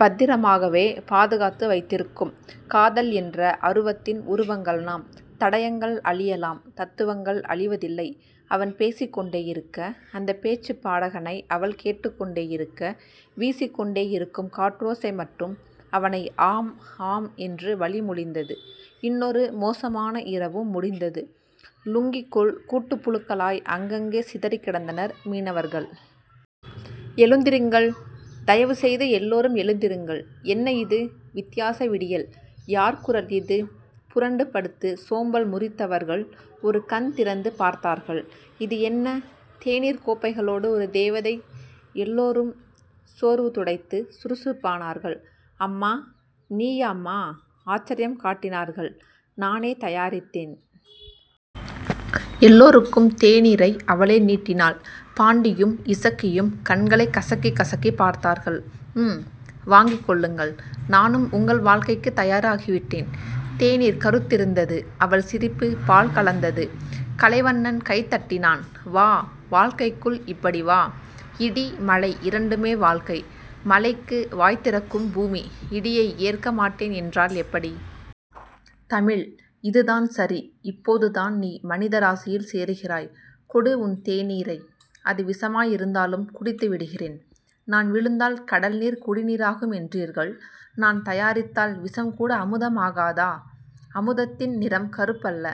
பத்திரமாகவே பாதுகாத்து வைத்திருக்கும். காதல் என்ற அருவத்தின் உருவங்கள் நாம். தடயங்கள் அழியலாம். தத்துவங்கள் அழிவதில்லை. அவன் பேசிக்கொண்டேயிருக்க அந்தப் பேச்சுப் பாடகனை அவள் கேட்டுக்கொண்டேயிருக்க வீசிக் கொண்டேயிருக்கும் காற்றோசை மட்டும் அவனை ஆம் ஆம் என்று வழிமொழிந்தது. இன்னொரு மோசமான இரவும் முடிந்தது. லுங்கிக்குள் கூட்டுப் புழுக்களாய் அங்கங்கே சிதறிக் கிடந்தனர் மீனவர்கள். எழுந்திருங்கள். தயவுசெய்து எல்லோரும் எழுந்திருங்கள். என்ன இது, வித்தியாச விடியல். யார் குரல் இது? புரண்டுபடுத்துச் சோம்பல் முறித்தவர்கள் ஒரு கண் திறந்து பார்த்தார்கள். இது என்ன, தேநீர்க் கோப்பைகளோடு ஒரு தேவதை. எல்லோரும் சோர்வுதுடைத்துச் சுறுசுறுப்பானார்கள். அம்மா. நீயாம்மா? ஆச்சரியம் காட்டினார்கள். நானே தயாரித்தேன். எல்லோருக்கும் தேநீரை அவளே நீட்டினாள். பாண்டியும் இசக்கியும் கண்களைக் கசக்கிக் கசக்கிப் பார்த்தார்கள். ம்.. வாங்கிக் கொள்ளுங்கள். நானும் உங்கள் வாழ்க்கைக்குத் தயாராகிவிட்டேன். தேநீர் கறுத்திருந்தது. அவள் சிரிப்பு பால் கலந்தது. கலைவண்ணன் கைதட்டினான். வா. வாழ்க்கைக்குள் இப்படி வா. இடி-மழை இரண்டுமே வாழ்க்கை.. மழைக்கு வாய்திறக்கும் பூமி, இடியை ஏற்க மாட்டேன் என்றால் எப்படி? தமிழ். இதுதான் சரி. இப்போதுதான் நீ மனிதராசியில் சேருகிறாய். கொடு உன் தேநீரை. அது விஷமாயிருந்தாலும் குடித்துவிடுகிறேன். நான் விழுந்தால் கடல்நீர் குடிநீராகும் என்றீர்கள். நான் தயாரித்தால் விஷம்கூட அமுதமாகாதா? அமுதத்தின் நிறம் கறுப்பல்ல.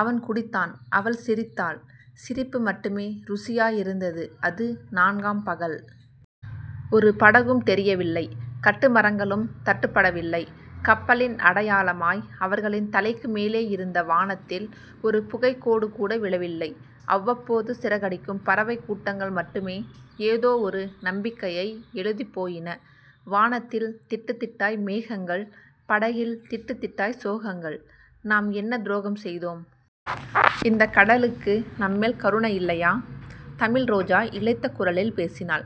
அவன் குடித்தான். அவள் சிரித்தாள். சிரிப்பு மட்டுமே ருசியாயிருந்தது. அது நான்காம் பகல். ஒரு படகும் தெரியவில்லை. கட்டுமரங்களும் தட்டுப்படவில்லை. கப்பலின் அடையாளமாய் அவர்களின் தலைக்கு மேலே இருந்த வானத்தில் ஒரு புகைக்கோடுகூட விழவில்லை. அவ்வப்போது சிறகடிக்கும் பறவைக் கூட்டங்கள் மட்டுமே ஏதோ ஒரு நம்பிக்கையை எழுதிப்போயின. வானத்தில் திட்டுத்திட்டாய் மேகங்கள் படகில் திட்டுத்திட்டாய் சோகங்கள். நாம் என்ன துரோகம் செய்தோம்? இந்தக் கடலுக்கு நம்மேல் கருணை இல்லையா? தமிழ்ரோஜா இளைத்த குரலில் பேசினாள்.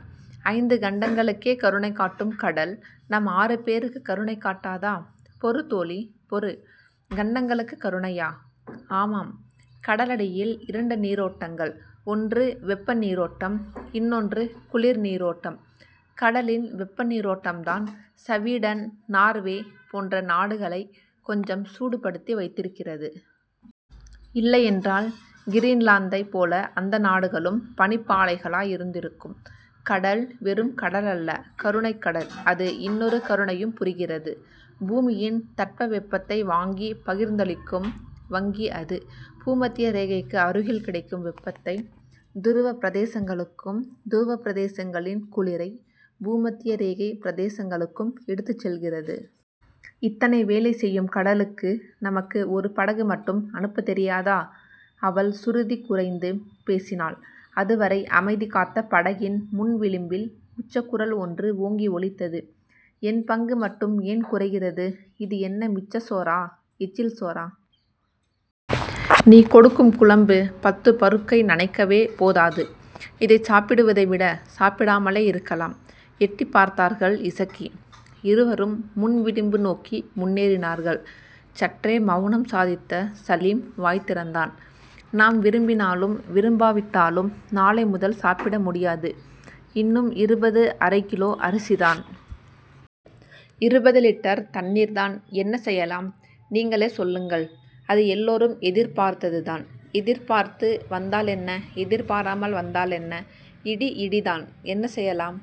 ஐந்து கண்டங்களுக்கே கருணைகாட்டும் கடல் நம் ஆறு பேருக்குக் கருணைகாட்டாதா? பொறு தோழி பொறு. கண்டங்களுக்குக் கருணையா? ஆமாம். கடலடியில் இரண்டு நீரோட்டங்கள். ஒன்று வெப்ப நீரோட்டம், இன்னொன்று குளிர்நீரோட்டம். கடலின் வெப்ப நீரோட்டம் தான் ஸவீடன், நார்வே போன்ற நாடுகளைக் கொஞ்சம் சூடுபடுத்தி வைத்திருக்கிறது. இல்லையென்றால். கிரீன்லாந்தைப் போல அந்த நாடுகளும் பனிப்பாலைகளாய் இருந்திருக்கும். கடல் வெறும் கடலல்ல கருணைக்கடல் அது இன்னொரு கருணையும் புரிகிறது. பூமியின் தட்பவெப்பத்தை வாங்கிப் பகிர்ந்தளிக்கும் வங்கி அது. பூமத்திய ரேகைக்கு அருகில் கிடைக்கும் வெப்பத்தைத் துருவப் பிரதேசங்களுக்கும் துருவப் பிரதேசங்களின் குளிரை பூமத்திய ரேகைப் பிரதேசங்களுக்கும் எடுத்துச் செல்கிறது. இத்தனை வேலை செய்யும் கடலுக்கு நமக்கு ஒரு படகு மட்டும் அனுப்பத் தெரியாதா? அவள் சுருதி குறைந்து பேசினாள். அதுவரை அமைதிகாத்த படகின் முன்விளிம்பில், உச்சக்குரல் ஒன்று ஓங்கி ஒலித்தது. என் பங்கு மட்டும் ஏன் குறைகிறது? இது என்ன மிச்சச் சோறா? எச்சில் சோறா? நீ கொடுக்கும் குழம்பு பத்துப் பருக்கை நனைக்கவே போதாது. இதைச் சாப்பிடுவதை விடச் சாப்பிடாமலே இருக்கலாம். எட்டிப்பார்த்தார்கள் இசக்கி. இருவரும் முன்விளிம்பு நோக்கி முன்னேறினார்கள். சற்றே மெளனம் சாதித்த சலீம் வாய்திறந்தான். நாம் விரும்பினாலும் விரும்பாவிட்டாலும் நாளை முதல் சாப்பிடமுடியாது. இன்னும் இருப்பது அரைகிலோ அரிசிதான். இருபது லிட்டர் தண்ணீர்தான் என்ன செய்யலாம்? நீங்களே சொல்லுங்கள். அது எல்லோரும் எதிர்பார்த்ததுதான், எதிர்பார்த்து வந்தாலென்ன எதிர்பாராமல் வந்தாலென்ன இடி இடிதான். என்ன செய்யலாம்?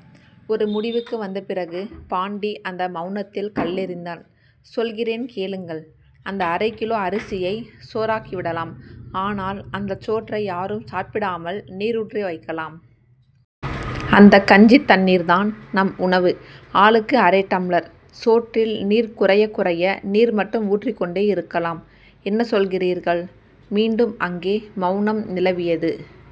ஒரு முடிவுக்கு வந்தபிறகு பாண்டி அந்த மெளனத்தில் கல்லெறிந்தான். சொல்கிறேன், கேளுங்கள். அந்த அரைகிலோ அரிசியைச் சோறாக்கிவிடலாம். ஆனால், அந்தச் சோற்றை யாரும் சாப்பிடாமல் நீருற்றி வைக்கலாம். அந்தக் கஞ்சித் தண்ணீர்தான் நம் உணவு, ஆளுக்கு அரை டம்ளர். சோற்றில் நீர் குறையக் குறைய நீர் மட்டும் ஊற்றிக் கொண்டேயிருக்காலாம். என்ன சொல்கிறீர்கள்? மீண்டும் அங்கே மெளனம் நிலவியது.